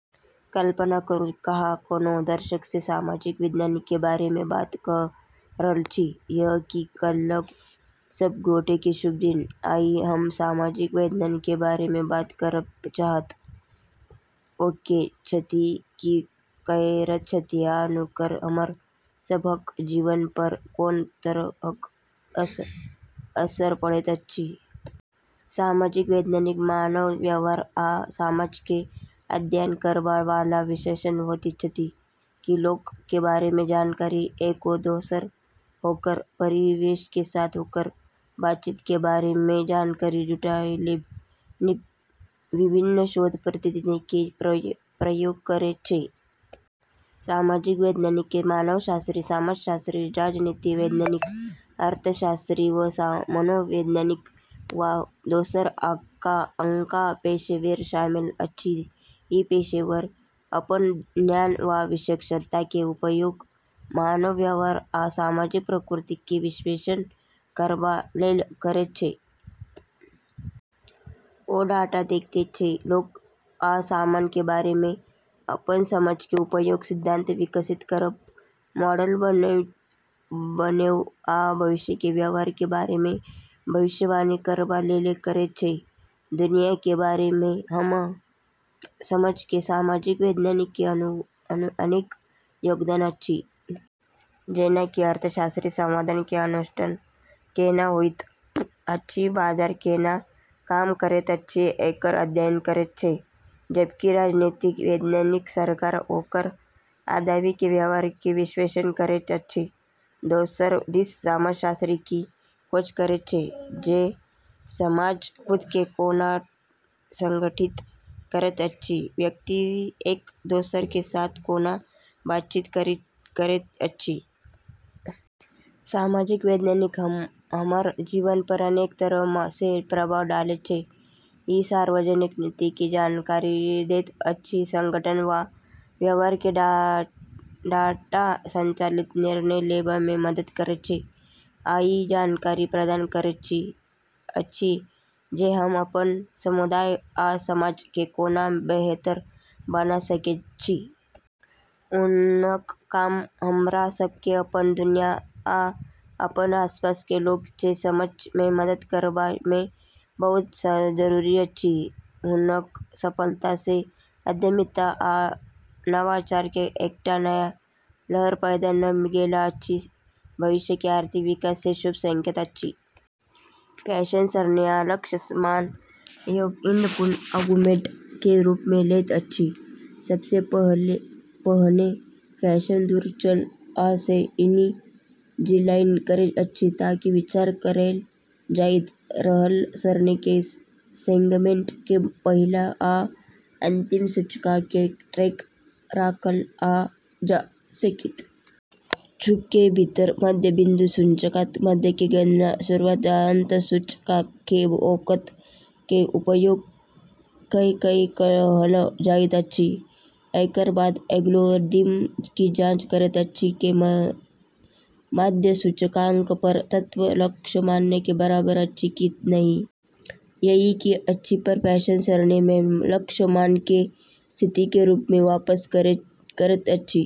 कल्पना करू जे अहाँ कोनो दर्शक सँ सामाजिक वैज्ञानिक के बारे मे बात कए रहल छी, अहाँ की कहब। सब गोटे के शुभ दिन, आइ हम सामाजिक वैज्ञानिक के बारे मे बात करब चाहब, ओ के छथि, की करैत छथि, आ हुनकर हमर सबहक जीवन पर कोन तरहक असर पड़ैत अछि। सामाजिक वैज्ञानिक मानव व्यवहार आ समाज के अध्ययन करबा वाला विशेषज्ञ होइत छथि। ई लोक के बारे मे जानकारी आ एक-दोसर आ ओकर परिवेश के साथ ओकर बातचीत के बारे मे जानकारी जुटाएब लेल विभिन्न शोध पद्धति के प्रयोग करैत छै। सामाजिक वैज्ञानिक मे मानवशास्त्री, समाजशास्त्री, राजनीतिक वैज्ञानिक, अर्थशास्त्री, आ मनोवैज्ञानिक आ दोसर जकां पेशेवर शामिल अछि। ई पेशेवर अपन ज्ञान आ विशेषज्ञता के उपयोग मानव व्यवहार आ सामाजिक प्रवृत्ति के विश्लेषण करबा लेल करैत छै। ओ डाटा देखैत छै आ लोक आ समाज के बारे मे अपन समझ के उपयोग सिद्धांत विकसित करब, मॉडल बनेब आ भविष्य के व्यवहार के बारे मे भविष्यवाणी करबा लेल करैत छै। दुनिया के बारे मे हमर समझ मे सामाजिक वैज्ञानिक के अनेक योगदान अछि। जेना कि अर्थशास्त्री संसाधन के आवंटन केना होइत अछि आ बाजार केना काम करैत अछि, एकर अध्ययन करैत छै, जबकि राजनीतिक वैज्ञानिक सरकार आ ओकर आबादी के व्यवहार के विश्लेषण करैत अछि। दोसर दिस समाजशास्त्री ई खोज करैत छै जे समाज खुद के कोना संगठित करैत अछि आ व्यक्ति एक-दोसर के साथ कोना बातचीत करैत अछि। सामाजिक वैज्ञानिक हमर जीवन पर अनेक तरह सँ प्रभाव डालैत छै। ई सार्वजनिक नीति के जानकारी दैत अछि, संगठन आ व्यवसाय के डाटा संचालित निर्णय लेबा मे मदद करैत अछि, आ ई जानकारी प्रदान करैत अछि जे हम अपन समुदाय आ समाज के कोना बेहतर बना सकैत छी। हुनक काम हमरा सब के अपन दुनिया आ अपन आसपास के लोक के समझब मे मदद करबा मे बहुत जरूरी अछि। हुनक सफलता सँ उद्यमिता आ नवाचार के एकटा नया लहर पैदा भ गेल अछि, जे भविष्य के आर्थिक विकास के शुभ संकेत अछि। फंक्शन सरणी आ लक्ष्य मान कए इनपुट आर्गुमेंट के रूप मे लैत अछि। सबसे पहिने, फंक्शन दू चर, आ के इनिशियलाइज करैत अछि, ताकि विचार कएल जाइत रहल सरणी के सेगमेंट के पहिल आ अंतिम सूचकांक के ट्रैक राखल जा सकए। लूप के भीतर, मध्य बिंदु सूचकांक मध्य के गणना शुरुआत आ अंत सूचकांक के औसत के उपयोग कए कए कएल जाइत अछि। एकर बाद एल्गोरिदम ई जांच करैत अछि जे मध्य सूचकांक पर तत्व लक्ष्य मान के बराबर अछि कि नहि। यदि ई अछि, त फंक्शन सरणी मे लक्ष्य मान के स्थिति के रूप मे वापस करैत अछि।